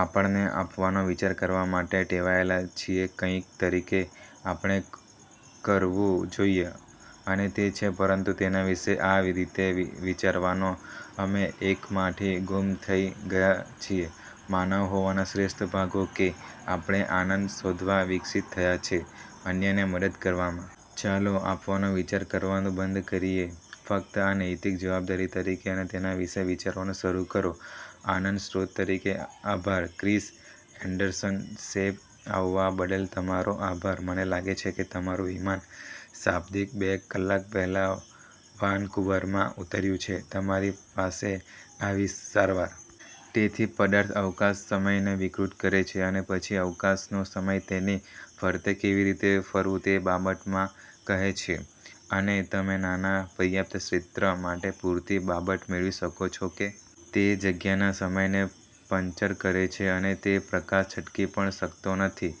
આપણને આપવાનો વિચાર કરવા માટે ટેવાયેલા છીએ કંઈક તરીકે આપણે કરવું જોઈએ. અને તે છે. પરંતુ તેના વિશે આ રીતે વિચારવાનો, અમે એકમાંથી ગુમ થઈ ગયા છીએ માનવ હોવાના શ્રેષ્ઠ ભાગો: કે આપણે આનંદ શોધવા વિકસિત થયા છે અન્યને મદદ કરવામાં. ચાલો આપવાનો વિચાર કરવાનું બંધ કરીએ ફક્ત આ નૈતિક જવાબદારી તરીકે અને તેના વિશે વિચારવાનું શરૂ કરો આનંદ સ્ત્રોત તરીકે. આભાર. ક્રિસ એન્ડરસન: શેપ, આવવા બદલ તમારો આભાર. મને લાગે છે કે તમારું વિમાન શાબ્દિક બે કલાક પહેલા વાનકુવરમાં ઉતર્યું છે તમારી પાસે આવી સારવાર. તેથી, પદાર્થ અવકાશ-સમયને વિકૃત કરે છે, અને પછી અવકાશ નો સમય તેની ફરતે કેવી રીતે ફરવું તે બાબત માં કહે છે અને। તમે નાના પર્યાપ્ત ક્ષેત્ર માટે પૂરતી બાબત મેળવી શકો છો કે તે જગ્યાના સમયને પંચર કરે છે, અને તે પ્રકાશ છટકી પણ શકતો નથી,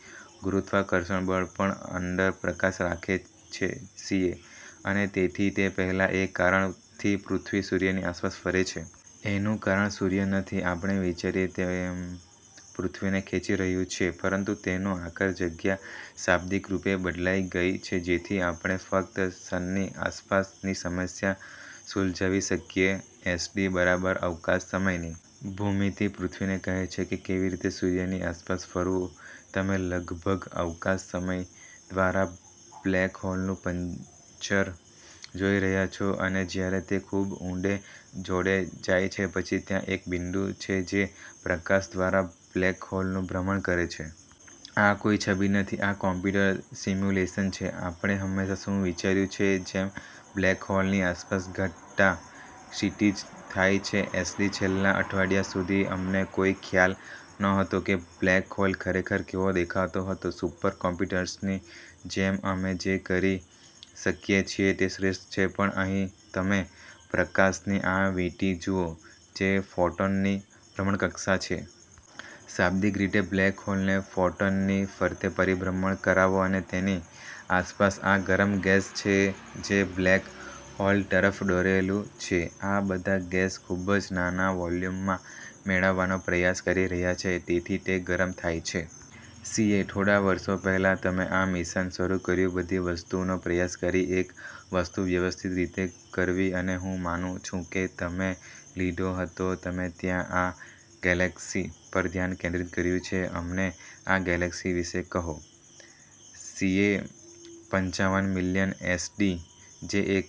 ગુરુત્વાકર્ષણ બળ પણ અંદર પ્રકાશ રાખે છે સીએ: અને તેથી, તે પહેલાં, એ કારણ થી પૃથ્વી સૂર્યની આસપાસ ફરે છે એનું કારણ સૂર્ય નથી આપણે વિચારીએ તેમ પૃથ્વીને ખેંચી રહ્યું છે, પરંતુ તેનો આકાર જગ્યા શાબ્દિક રૂપે બદલાઈ ગઈ છે જેથી આપણે ફક્ત સન ની આસપાસ ની સમસ્યા સુલઝાવી શકીએ એસડી: બરાબર, અવકાશ-સમયની ભૂમિતિ પૃથ્વીને કહે છે કે કેવી રીતે સૂર્ય ની આસપાસ ફરવું તમે લગભગ અવકાશ-સમય દ્વારા બ્લેક હોલ નું પંચર જોઈ રહ્યા છો અને જ્યારે તે ખૂબ ઉંડે જોડે જાય છે, પછી ત્યાં એક બિંદુ છે જે પ્રકાશ દ્વારા બ્લેક હોલનું ભ્રમણ કરે છે. આ કોઈ છબી નથી, આ કમ્પ્યુટર સિમ્યુલેશન છે આપણે હંમેશાં શું વિચાર્યું છે, જેમ, બ્લેક હોલ ની આસપાસ ઘટના ક્ષિતિજ થાય છે એસડી: છેલ્લા અઠવાડિયા સુધી, અમને કોઈ ખ્યાલ નહોતો કે બ્લેક હોલ ખરેખર કેવો દેખાતો હતો સુપર કોમ્પ્યુટર્સની જેમ અમે જે કરી શકીએ છીએ તે શ્રેષ્ઠ છે પણ અહીં તમે પ્રકાશની આ વીંટી જુઓ, જે ફોટોન ની ભ્રમણકક્ષા છે. શાબ્દિક રીતે બ્લેક હોલ ને ફોટોન ની ફરતે પરિભ્રમણ કરાવો અને તેની આસપાસ આ ગરમ ગેસ છે જે બ્લેક હોલ તરફ દોરેલું છે, આ બધા ગેસ ખૂબ જ નાના વોલ્યુમમાં મેળવવાનો પ્રયાસ કરી રહ્યા છે તેથી તે ગરમ થાય છે. સીએ: થોડા વર્ષો પહેલા, તમે આ મિશન શરૂ કર્યું બધી વસ્તુ નો પ્રયાસ કરી એક વસ્તુ વ્યવસ્થિત રીતે કરવી અને હું માનું છું કે તમે લીધો હતો તમે ત્યાં આ ગેલેક્સી પર ધ્યાન કેન્દ્રિત કર્યું છે અમને આ ગેલેક્સી વિશે કહો. સીએ: પંચાવન મિલિયન. એસડી: જે એક